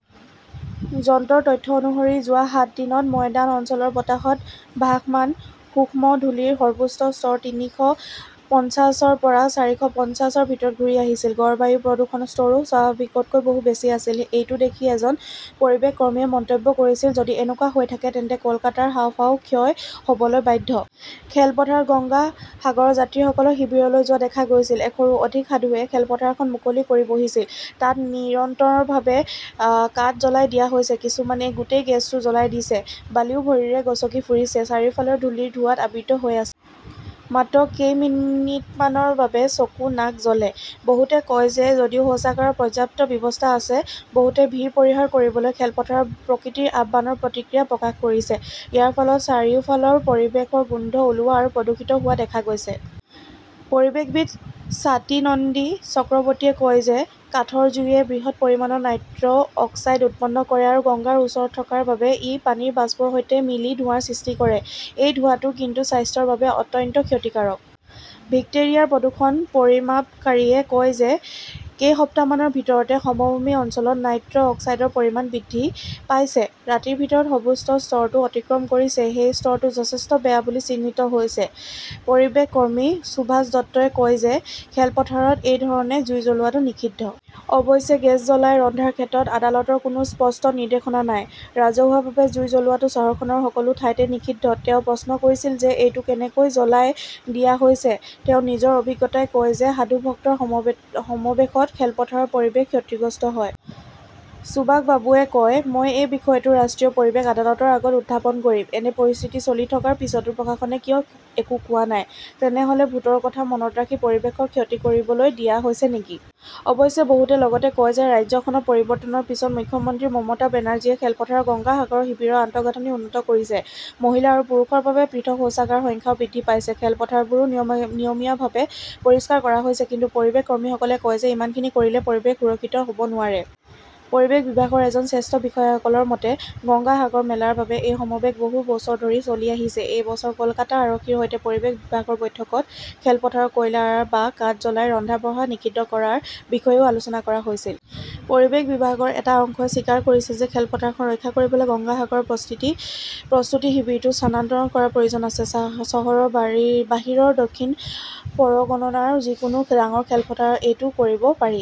যন্ত্ৰৰ তথ্য অনুসৰি যোৱা সাত দিনত ময়দান অঞ্চলৰ বতাহত ভাসমান সূক্ষ্ম ধূলিৰ সৰ্বোচ্চ স্তৰ তিনিশ পঞ্চাশ ৰ পৰা চাৰিশ পঞ্চাশ ৰ ভিতৰত ঘূৰি আহিছিল। গড় বায়ু প্ৰদূষণৰ স্তৰো স্বাভাৱিকতকৈ বহু বেছি আছিল। এইটো দেখি এজন পৰিৱেশ কৰ্মীয়ে মন্তব্য কৰিছিল, "যদি এনেকুৱা হৈ থাকে তেন্তে কলকাতাৰ হাঁওফাঁও ক্ষয় হ'বলৈ বাধ্য। খেলপথাৰত গংগা সাগৰ যাত্ৰীসকলক শিবিৰলৈ যোৱা দেখা গৈছিল, এশৰো অধিক সাধুয়ে খেলপথাৰখন মুকলি কৰি বহিছিল। তাত নিৰন্তৰভাৱে কাঠ জ্বলাই দিয়া হৈছে, কিছুমানে গোটেই গছটো জ্বলাই দিছে। বালিও ভৰিৰে গচকি ফুৰি আছে। চাৰিওফাল ধূলিৰ ধোঁৱাত আবৃত হৈ আছে। মাত্ৰ কেইমিনিটমানৰ বাবে চকু, নাক জ্বলে। বহুতে কয় যে যদিও শৌচাগাৰৰ পৰ্যাপ্ত ব্যৱস্থা আছে, বহুতে ভিৰ পৰিহাৰ কৰিবলৈ খেলপথাৰত প্ৰকৃতিৰ আহ্বানৰ প্ৰতিক্ৰিয়া প্ৰকাশ কৰিছে। ইয়াৰ ফলত চাৰিওফালৰ পৰিৱেশৰ গোন্ধ ওলোৱা আৰু প্ৰদূষিত হোৱা দেখা গৈছে। পৰিৱেশবিদ স্বাতী নন্দী চক্ৰৱৰ্তীয়ে কয় যে কাঠৰ জুইয়ে বৃহৎ পৰিমাণৰ নাইট্ৰছ অক্সাইড উৎপন্ন কৰে আৰু গংগাৰ ওচৰত থকাৰ বাবে ই পানীৰ বাষ্পৰ সৈতে মিলি ধোঁৱা সৃষ্টি কৰে। সেই ধোঁৱাটো কিন্তু স্বাস্থ্যৰ বাবে অত্যন্ত ক্ষতিকাৰক। ভিক্টোৰিয়াৰ প্ৰদূষণ পৰিমাপকাৰীয়ে কয় যে কেইসপ্তাহমানৰ ভিতৰতে সমভূমি অঞ্চলত নাইট্ৰছ অক্সাইডৰ পৰিমাণ বৃদ্ধি পাইছে। ৰাতিৰ ভিতৰত সৰ্বোচ্চ স্তৰটো অতিক্ৰম কৰিছে। সেই স্তৰটো যথেষ্ট বেয়া বুলি চিহ্নিত কৰা হৈছে। পৰিৱেশ কৰ্মী সুভাষ দত্তই কয় যে খেলপথাৰত এই ধৰণে জুই জ্বলোৱাটো নিষিদ্ধ। অৱশ্যে, গেছ জ্বলাই ৰন্ধাৰ ক্ষেত্ৰত আদালতৰ কোনো স্পষ্ট নিৰ্দেশনা নাই। ৰাজহুৱাভাৱে জুই জ্বলোৱাটো চহৰখনৰ সকলো ঠাইতে নিষিদ্ধ। তেওঁ প্ৰশ্ন কৰিছিল যে, এইটো কেনেকৈ জ্বলাই দিয়া হৈছে। তেওঁৰ নিজৰ অভিজ্ঞতাই কয় যে সাধু-ভক্তৰ সমাৱেশত খেলপথাৰৰ পৰিৱেশ ক্ষতিগ্ৰস্ত হয়। সুভাষ বাবুৱে কয়, মই এই বিষয়টো ৰাষ্ট্ৰীয় পৰিৱেশ আদালতৰ আগত উত্থাপন কৰিম। এনে পৰিস্থিতি চলি থকাৰ পিছতো প্ৰশাসনে কিয় একো কোৱা নাই? তেনেহ 'লে ভোটৰ কথা মনত ৰাখি পৰিৱেশৰ ক্ষতি কৰিবলৈ দিয়া হৈছে নেকি? অৱশ্যে বহুতে লগতে কয় যে ৰাজ্যখনত পৰিৱৰ্তনৰ পিছত মুখ্যমন্ত্ৰী মমতা বেনাৰ্জীয়ে খেলপথাৰত গংগা সাগৰ শিবিৰৰ আন্তঃগাঁথনি উন্নত কৰিছে। মহিলা আৰু পুৰুষৰ বাবে পৃথক শৌচাগাৰৰ সংখ্যাও বৃদ্ধি পাইছে। খেলপথাৰবোৰো নিয়মীয়াভাৱে পৰিষ্কাৰ কৰা হৈছে। কিন্তু পৰিৱেশ কৰ্মীসকলে কয় যে ইমানখিনি কৰিলে পৰিৱেশ সুৰক্ষিত হ'ব নোৱাৰে। পৰিৱেশ বিভাগৰ এজন জ্যেষ্ঠ বিষয়াসকলৰ মতে, গংগা সাগৰ মেলাৰ বাবে এই সমাৱেশ বহু বছৰ ধৰি চলি আহিছে। এই বছৰ কলকাতা আৰক্ষীৰ সৈতে পৰিৱেশ বিভাগৰ বৈঠকত খেলপথাৰত কয়লা বা কাঠ জ্বলাই ৰন্ধা-বঢ়া নিষিদ্ধ কৰাৰ বিষয়েও আলোচনা কৰা হৈছিল। পৰিৱেশ বিভাগৰ এটা অংশই স্বীকাৰ কৰিছে যে খেলপথাৰখন ৰক্ষা কৰিবলৈ গংগা সাগৰৰ প্ৰস্তুতি শিবিৰটো স্থানান্তৰ কৰাৰ প্ৰয়োজন আছে। চহৰৰ বাহিৰৰ দক্ষিণ পৰগনাৰ যিকোনো ডাঙৰ খেলপথাৰত এইটো কৰিব পাৰি।